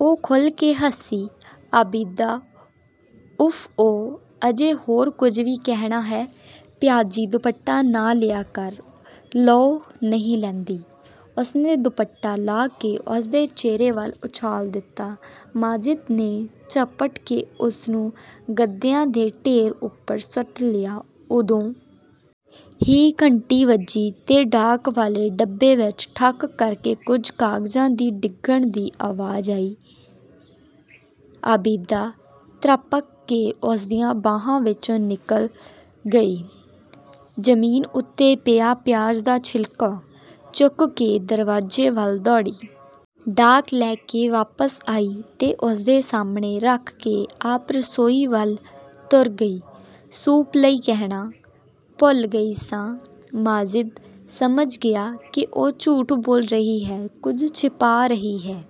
ਉਹ ਖੁੱਲ੍ਹ ਕੇ ਹੱਸੀ। "ਆਬਿਦਾ!" "ਉਫ਼-ਓ, ਅਜੇ ਹੋਰ ਕੁਝ ਵੀ ਕਹਿਣਾ ਹੈ?" "ਪਿਆਜ਼ੀ ਦੁਪੱਟਾ ਨਾ ਲਿਆ ਕਰ।" "ਲਓ ਨਹੀਂ ਲੈਂਦੀ।" ਉਸਨੇ ਦੁਪੱਟਾ ਲਾਹ ਕੇ ਉਸਦੇ ਚਿਹਰੇ ਵੱਲ ਉਛਾਲ ਦਿੱਤਾ। ਮਾਜਿਦ ਨੇ ਝਪਟ ਕੇ ਉਸਨੂੰ ਗੱਦਿਆਂ ਦੇ ਢੇਰ ਉੱਪਰ ਸੁੱਟ ਲਿਆ। ਉਦੋਂ ਹੀ ਘੰਟੀ ਵੱਜੀ ਤੇ ਡਾਕ ਵਾਲੇ ਡੱਬੇ ਵਿੱਚ ਠੱਕ ਕਰਕੇ ਕੁਝ ਕਾਗਜ਼ਾਂ ਦੇ ਡਿੱਗਣ ਦੀ ਆਵਾਜ਼ ਆਈ। ਆਬਿਦਾ ਤ੍ਰਭਕ ਕੇ ਉਸਦੀਆਂ ਬਾਹਾਂ ਵਿੱਚੋਂ ਨਿਕਲ ਗਈ। ਜ਼ਮੀਨ ਉੱਤੇ ਪਿਆ 'ਪਿਆਜ਼ ਦਾ ਛਿਲਕਾ' ਚੁੱਕ ਕੇ ਦਰਵਾਜ਼ੇ ਵੱਲ ਦੌੜੀ। ਡਾਕ ਲੈ ਕੇ ਵਾਪਸ ਆਈ ਤੇ ਉਸਦੇ ਸਾਹਮਣੇ ਰੱਖ ਕੇ ਆਪ ਰਸੋਈ ਵੱਲ ਤੁਰ ਗਈ, "ਸੂਪ ਲਈ ਕਹਿਣਾ ਭੁੱਲ ਗਈ ਸਾਂ।" ਮਾਜਿਦ ਸਮਝ ਗਿਆ ਕਿ ਉਹ ਝੂਠ ਬੋਲ ਰਹੀ ਹੈ, ਕੁਝ ਛਿਪਾ ਰਹੀ ਹੈ।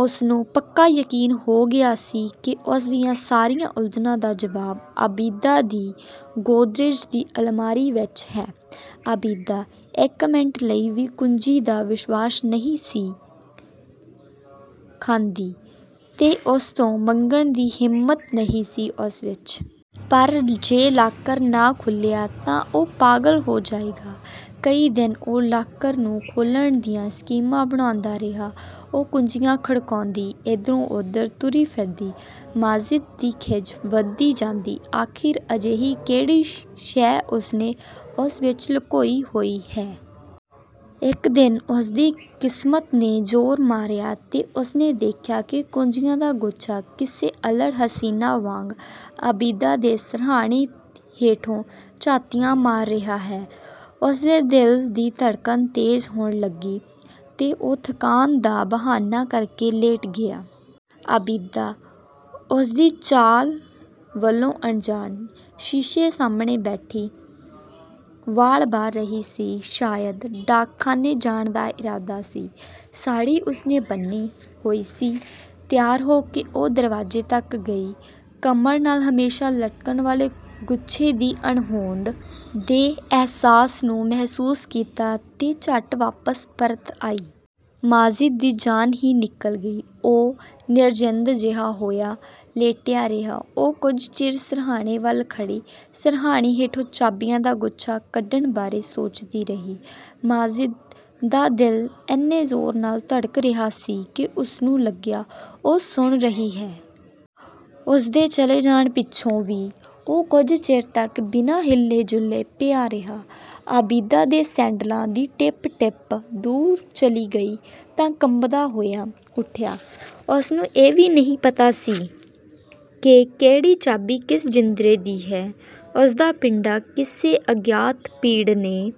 ਉਸਨੂੰ ਪੱਕਾ ਯਕੀਨ ਹੋ ਗਿਆ ਸੀ ਕਿ ਉਸ ਦੀਆਂ ਸਾਰੀਆਂ ਉਲਝਣਾਂ ਦਾ ਜਵਾਬ ਆਬਿਦਾ ਦੀ ਗੋਦਰੇਜ ਦੀ ਅਲਮਾਰੀ ਵਿੱਚ ਹੈ। ਆਬਿਦਾ ਇੱਕ ਮਿੰਟ ਲਈ ਵੀ ਕੁੰਜੀ ਦਾ ਵਿਸ਼ਵਾਸ ਨਹੀਂ ਸੀ ਖਾਂਦੀ ਤੇ ਉਸ ਤੋਂ ਮੰਗਣ ਦੀ ਹਿੰਮਤ ਨਹੀਂ ਸੀ ਉਸ ਵਿੱਚ। ਪਰ ਜੇ ਲਾਕਰ ਨਾ ਖੁੱਲ੍ਹਿਆ ਤਾਂ ਉਹ ਪਾਗਲ ਹੋ ਜਾਏਗਾ। ਕਈ ਦਿਨ ਉਹ ਲਾਕਰ ਨੂੰ ਖੋਲ੍ਹਣ ਦੀਆਂ ਸਕੀਮਾਂ ਬਣਾਉਂਦਾ ਰਿਹਾ। ਉਹ ਕੁੰਜੀਆਂ ਖੜਕਾਉਂਦੀ ਇੱਧਰੋਂ-ਉੱਧਰ ਤੁਰੀ ਫਿਰਦੀ, ਮਾਜਿਦ ਦੀ ਖਿਝ ਵਧਦੀ ਜਾਂਦੀ। ਆਖਿਰ ਅਜਿਹੀ ਕਿਹੜੀ ਸ਼ੈ ਉਸਨੇ ਉਸ ਵਿੱਚ ਲੁਕੋਈ ਹੋਈ ਹੈ? ਇੱਕ ਦਿਨ ਉਸਦੀ ਕਿਸਮਤ ਨੇ ਜ਼ੋਰ ਮਾਰਿਆ ਤੇ ਉਸਨੇ ਦੇਖਿਆ ਕਿ ਕੁੰਜੀਆਂ ਦਾ ਗੁੱਛਾ ਕਿਸੇ ਅਲ੍ਹੜ ਹਸੀਨਾ ਵਾਂਗ ਆਬਿਦਾ ਦੇ ਸਿਰਹਾਣੇ ਹੇਠੋਂ ਝਾਤੀਆਂ ਮਾਰ ਰਿਹਾ ਹੈ। ਉਸਦੇ ਦਿਲ ਦੀ ਧੜਕਨ ਤੇਜ਼ ਹੋਣ ਲੱਗੀ ਤੇ ਉਹ ਥਕਾਨ ਦਾ ਬਹਾਨਾ ਕਰਕੇ ਲੇਟ ਗਿਆ। ਆਬਿਦਾ ਉਸਦੀ ਚਾਲ ਵੱਲੋਂ ਅਨਜਾਣ, ਸ਼ੀਸ਼ੇ ਸਾਹਮਣੇ ਬੈਠੀ ਵਾਲ ਵਾਹ ਰਹੀ ਸੀ। ਸ਼ਾਇਦ ਡਾਕਖਾਨੇ ਜਾਣ ਦਾ ਇਰਾਦਾ ਸੀ, ਸਾੜ੍ਹੀ ਉਸਨੇ ਬੰਨ੍ਹੀ ਹੋਈ ਸੀ। ਤਿਆਰ ਹੋ ਕੇ ਉਹ ਦਰਵਾਜ਼ੇ ਤੱਕ ਗਈ, ਕਮਰ ਨਾਲ ਹਮੇਸ਼ਾ ਲਟਕਣ ਵਾਲੇ ਗੁੱਛੇ ਦੀ ਅਣਹੋਂਦ ਦੇ ਅਹਿਸਾਸ ਨੂੰ ਮਹਿਸੂਸ ਕੀਤਾ ਤੇ ਝੱਟ ਵਾਪਸ ਪਰਤ ਆਈ। ਮਾਜਿਦ ਦੀ ਜਾਨ ਹੀ ਨਿਕਲ ਗਈ। ਉਹ ਨਿਰਜਿੰਦ ਜਿਹਾ ਹੋਇਆ ਲੇਟਿਆ ਰਿਹਾ। ਉਹ ਕੁਝ ਚਿਰ ਸਿਰਹਾਣੇ ਵੱਲ ਖੜ੍ਹੀ, ਸਿਰਹਾਣੇ ਹੇਠੋਂ ਚਾਬੀਆਂ ਦਾ ਗੁੱਛਾ ਕੱਢਣ ਬਾਰੇ ਸੋਚਦੀ ਰਹੀ। ਮਾਜਿਦ ਦਾ ਦਿਲ ਇੰਨੇ ਜ਼ੋਰ ਨਾਲ ਧੜਕ ਰਿਹਾ ਸੀ ਕਿ ਉਸਨੂੰ ਲੱਗਿਆ, ਉਹ ਸੁਣ ਰਹੀ ਹੈ। ਉਸਦੇ ਚਲੇ ਜਾਣ ਪਿੱਛੋਂ ਵੀ ਉਹ ਕੁਝ ਚਿਰ ਤੱਕ ਬਿਨਾਂ ਹਿੱਲੇ-ਜੁੱਲੇ ਪਿਆ ਰਿਹਾ। ਆਬਿਦਾ ਦੇ ਸੈਂਡਲਾਂ ਦੀ ਟਿਪ-ਟਿਪ ਦੂਰ ਚਲੀ ਗਈ ਤਾਂ ਕੰਬਦਾ ਹੋਇਆ ਉੱਠਿਆ। ਉਸਨੂੰ ਇਹ ਵੀ ਨਹੀਂ ਪਤਾ ਸੀ ਕਿ ਕਿਹੜੀ ਚਾਬੀ ਕਿਸ ਜਿੰਦਰੇ ਦੀ ਹੈ। ਉਸਦਾ ਪਿੰਡਾ ਕਿਸੇ ਅਗਿਆਤ ਪੀੜ ਨੇ